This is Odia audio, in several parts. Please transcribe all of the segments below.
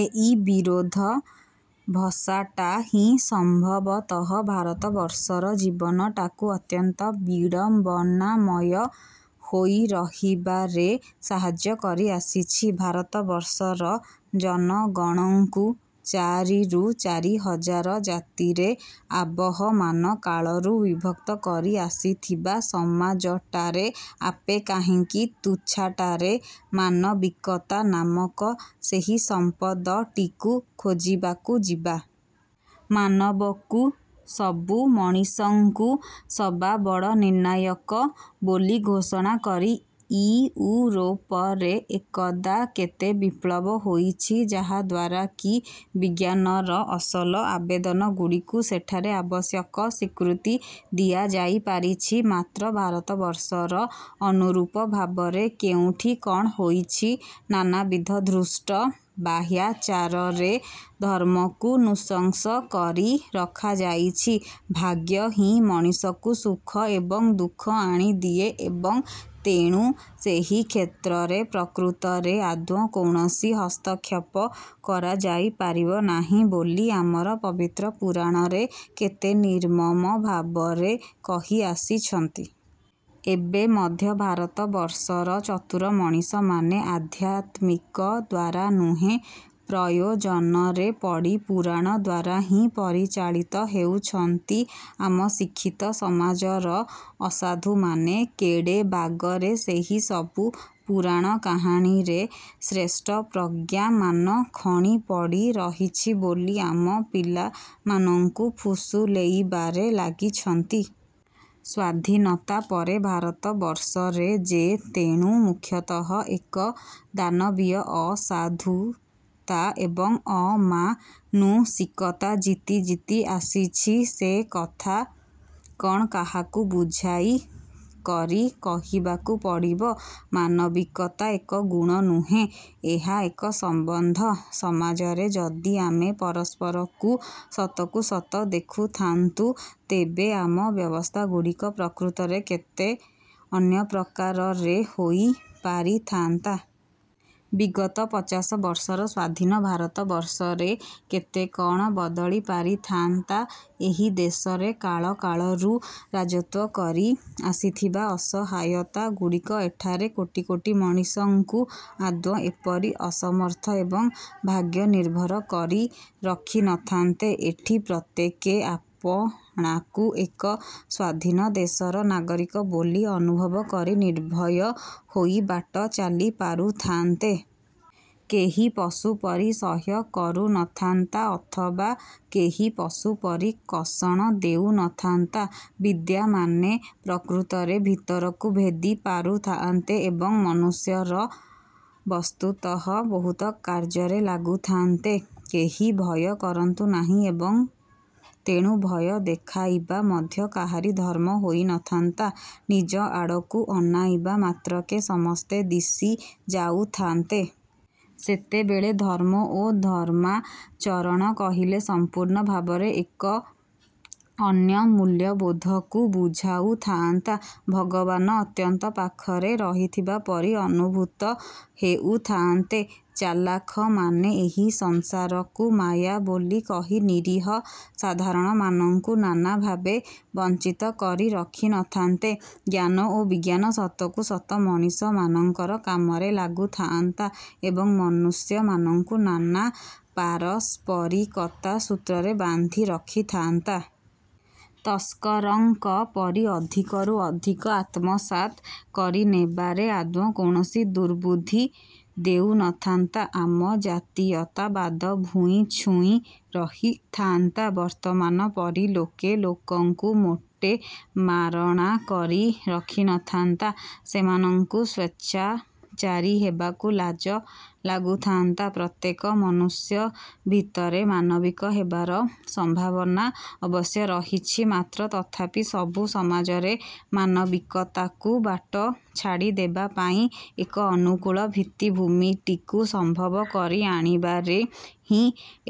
ଏହି ବିରୋଧ ଭସାଟା ହିଁ ସମ୍ଭବତଃ ଭାରତବର୍ଷର ଜୀବନଟାକୁ ଅତ୍ୟନ୍ତ ବିଡ଼ମ୍ବନାମୟ ହୋଇ ରହିବାରେ ସାହାଯ୍ୟ କରି ଆସିଛି। ଭାରତବର୍ଷର ଜନଗଣଙ୍କୁ ଚାରିରୁ ଚାରି ହଜାର ଜାତିରେ ଆବହମାନ କାଳରୁ ବିଭକ୍ତ କରି ଆସିଥିବା ସମାଜଟାରେ ଆପେ କାହିଁକି ତୁଛାଟାରେ ମାନବିକତା ନାମକ ସେହି ସମ୍ପଦଟିକୁ ଖୋଜିବାକୁ ଯିବା? ମାନବକୁ ସବୁ ମଣିଷଙ୍କୁ ସବା ବଡ଼ ନିର୍ଣ୍ଣାୟକ ବୋଲି ଘୋଷଣା କରି ଇଉରୋପରେ ଏକଦା କେତେ ବିପ୍ଳବ ହୋଇଛି, ଯାହାଦ୍ୱାରା କି ବିଜ୍ଞାନର ଅସଲ ଆବେଦନଗୁଡ଼ିକୁ ସେଠାରେ ଆବଶ୍ୟକ ସ୍ୱୀକୃତି ଦିଆଯାଇ ପାରିଛି। ମାତ୍ର ଭାରତବର୍ଷର ଅନୁରୂପ ଭାବରେ କେଉଁଠି କ'ଣ ହୋଇଛି? ନାନାବିଧ ଧୃଷ୍ଟ ବାହ୍ୟାଚାରରେ ଧର୍ମକୁ ନୃଶଂସ କରି ରଖାଯାଇଛି, ଭାଗ୍ୟ ହିଁ ମଣିଷକୁ ସୁଖ ଏବଂ ଦୁଃଖ ଆଣିଦିଏ ଏବଂ ତେଣୁ ସେହି କ୍ଷେତ୍ରରେ ପ୍ରକୃତରେ ଆଦୌ କୌଣସି ହସ୍ତକ୍ଷେପ କରାଯାଇ ପାରିବ ନାହିଁ, ବୋଲି ଆମର ପବିତ୍ର ପୁରାଣରେ କେତେ ନିର୍ମମ ଭାବରେ କହି ଆସିଛନ୍ତି। ଏବେ ମଧ୍ୟ ଭାରତବର୍ଷର ଚତୁର ମଣିଷମାନେ ଅଧ୍ୟାତ୍ମିକ ଦ୍ଵାରା ନୁହେଁ, ପ୍ରୟୋଜନରେ ପଡ଼ି ପୁରାଣ ଦ୍ଵାରା ହିଁ ପରିଚାଳିତ ହେଉଛନ୍ତି। ଆମ ଶିକ୍ଷିତ ସମାଜର ଅସାଧୁମାନେ କେଡ଼େ ବାଗରେ ସେହିସବୁ ପୁରାଣ କାହାଣୀରେ, ଶ୍ରେଷ୍ଠ ପ୍ରଜ୍ଞାମାନ ଖଣି ପଡ଼ି ରହିଛି ବୋଲି ଆମ ପିଲାମାନଙ୍କୁ ଫୁସୁଲେଇବାରେ ଲାଗିଛନ୍ତି। ସ୍ୱାଧୀନତା ପରେ ଭାରତବର୍ଷରେ ଯେ ତେଣୁ ମୁଖ୍ୟତଃ ଏକ ଦାନବୀୟ ଅସାଧୁତା ଏବଂ ଅମାନୁଷିକତା ଜିତି ଜିତି ଆସିଛି, ସେକଥା କ'ଣ କାହାକୁ ବୁଝାଇ କରି କହିବାକୁ ପଡ଼ିବ? ମାନବିକତା ଏକ ଗୁଣ ନୁହେଁ, ଏହା ଏକ ସମ୍ବନ୍ଧ। ସମାଜରେ ଯଦି ଆମେ ପରସ୍ପରକୁ ସତକୁ ସତ ଦେଖୁଥାନ୍ତୁ, ତେବେ ଆମ ବ୍ୟବସ୍ଥାଗୁଡ଼ିକ ପ୍ରକୃତରେ କେତେ ଅନ୍ୟ ପ୍ରକାରରେ ହୋଇପାରିଥାନ୍ତା। ବିଗତ ପଚାଶ ବର୍ଷର ସ୍ଵାଧୀନ ଭାରତବର୍ଷରେ କେତେ କ'ଣ ବଦଳି ପାରିଥାନ୍ତା। ଏହି ଦେଶରେ କାଳକାଳରୁ ରାଜତ୍ଵ କରି ଆସିଥିବା ଅସହାୟତା ଗୁଡ଼ିକ ଏଠାରେ କୋଟି କୋଟି ମଣିଷଙ୍କୁ ଆଦୌ ଏପରି ଅସମର୍ଥ ଏବଂ ଭାଗ୍ୟନିର୍ଭର କରି ରଖିନଥାନ୍ତେ। ଏଠି ପ୍ରତ୍ୟେକେ ଆପଣାକୁ ଏକ ସ୍ୱାଧୀନ ଦେଶର ନାଗରିକ ବୋଲି ଅନୁଭବ କରି ନିର୍ଭୟ ହୋଇ ବାଟ ଚାଲି ପାରୁଥାନ୍ତେ। କେହି ପଶୁପରି ସହ୍ୟ କରୁନଥାନ୍ତା ଅଥବା କେହି ପଶୁପରି କଷଣ ଦେଉନଥାନ୍ତା। ବିଦ୍ୟାମାନେ ପ୍ରକୃତରେ ଭିତରକୁ ଭେଦି ପାରୁଥାଆନ୍ତେ ଏବଂ ମନୁଷ୍ୟର ବସ୍ତୁତଃ ବହୁତ କାର୍ଯ୍ୟରେ ଲାଗୁଥାନ୍ତେ। କେହି ଭୟ କରନ୍ତୁ ନାହିଁ ଏବଂ ତେଣୁ ଭୟ ଦେଖାଇବା ମଧ୍ୟ କାହାରି ଧର୍ମ ହୋଇନଥାନ୍ତା। ନିଜ ଆଡ଼କୁ ଅନାଇବା ମାତ୍ରକେ ସମସ୍ତେ ଦିଶି ଯାଉଥାନ୍ତେ। ସେତେବେଳେ ଧର୍ମ ଓ ଧର୍ମାଚରଣ କହିଲେ ସମ୍ପୂର୍ଣ୍ଣ ଭାବରେ ଏକ ଅନ୍ୟ ମୂଲ୍ୟବୋଧକୁ ବୁଝାଉ ଥାଆନ୍ତା। ଭଗବାନ ଅତ୍ୟନ୍ତ ପାଖରେ ରହିଥିବା ପରି ଅନୁଭୂତ ହେଉଥାଆନ୍ତେ। ଚାଲାଖମାନେ ଏହି ସଂସାରକୁ ମାୟା ବୋଲି କହି ନିରୀହ ସାଧାରଣମାନଙ୍କୁ ନାନା ଭାବେ ବଂଚିତ କରି ରଖିନଥାନ୍ତେ। ଜ୍ଞାନ ଓ ବିଜ୍ଞାନ ସତକୁ ସତ ମଣିଷମାନଙ୍କର କାମରେ ଲାଗୁଥାଆନ୍ତା ଏବଂ ମନୁଷ୍ୟମାନଙ୍କୁ ନାନା ପାରସ୍ପରିକତା ସୂତ୍ରରେ ବାନ୍ଧି ରଖିଥାନ୍ତା। ତସ୍କରଙ୍କ ପରି ଅଧିକରୁ ଅଧିକ ଆତ୍ମସାତ୍ କରିନେବାରେ ଆଦୌ କୌଣସି ଦୁର୍ବୁଦ୍ଧି ଦେଉନଥାନ୍ତା। ଆମ ଜାତୀୟତାବାଦ ଭୂଇଁ ଛୁଇଁ ରହିଥାନ୍ତା, ବର୍ତ୍ତମାନ ପରି ଲୋକେ ଲୋକଙ୍କୁ ମୋଟେ ମାରଣା କରି ରଖିନଥାନ୍ତା। ସେମାନଙ୍କୁ ସ୍ୱେଚ୍ଛାଚାରୀ ହେବାକୁ ଲାଜ ଲାଗୁଥାନ୍ତା। ପ୍ରତ୍ୟେକ ମନୁଷ୍ୟ ଭିତରେ ମାନବିକ ହେବାର ସମ୍ଭାବନା ଅବଶ୍ୟ ରହିଛି, ମାତ୍ର ତଥାପି ସବୁ ସମାଜରେ ,ମାନବିକତାକୁ ବାଟ ଛାଡ଼ି ଦେବାପାଇଁ ଏକ ଅନୁକୂଳ ଭିତ୍ତିଭୂମିଟିକୁ ସମ୍ଭବ କରି ଆଣିବାରେ ହିଁ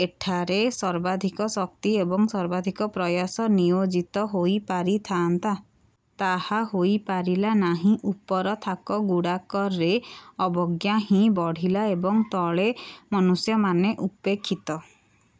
ଏଠାରେ ସର୍ବାଧିକ ଶକ୍ତି ଏବଂ ସର୍ବାଧିକ ପ୍ରୟାସ ନିୟୋଜିତ ହୋଇପାରିଥାନ୍ତା। ତାହା ହୋଇପାରିଲା ନାହିଁ। ଉପର ଥାକଗୁଡାକରେ ଅବଜ୍ଞା ହିଁ ବଢ଼ିଲା ଏବଂ ତଳେ ମନୁଷ୍ୟମାନେ ଉପେକ୍ଷିତ ।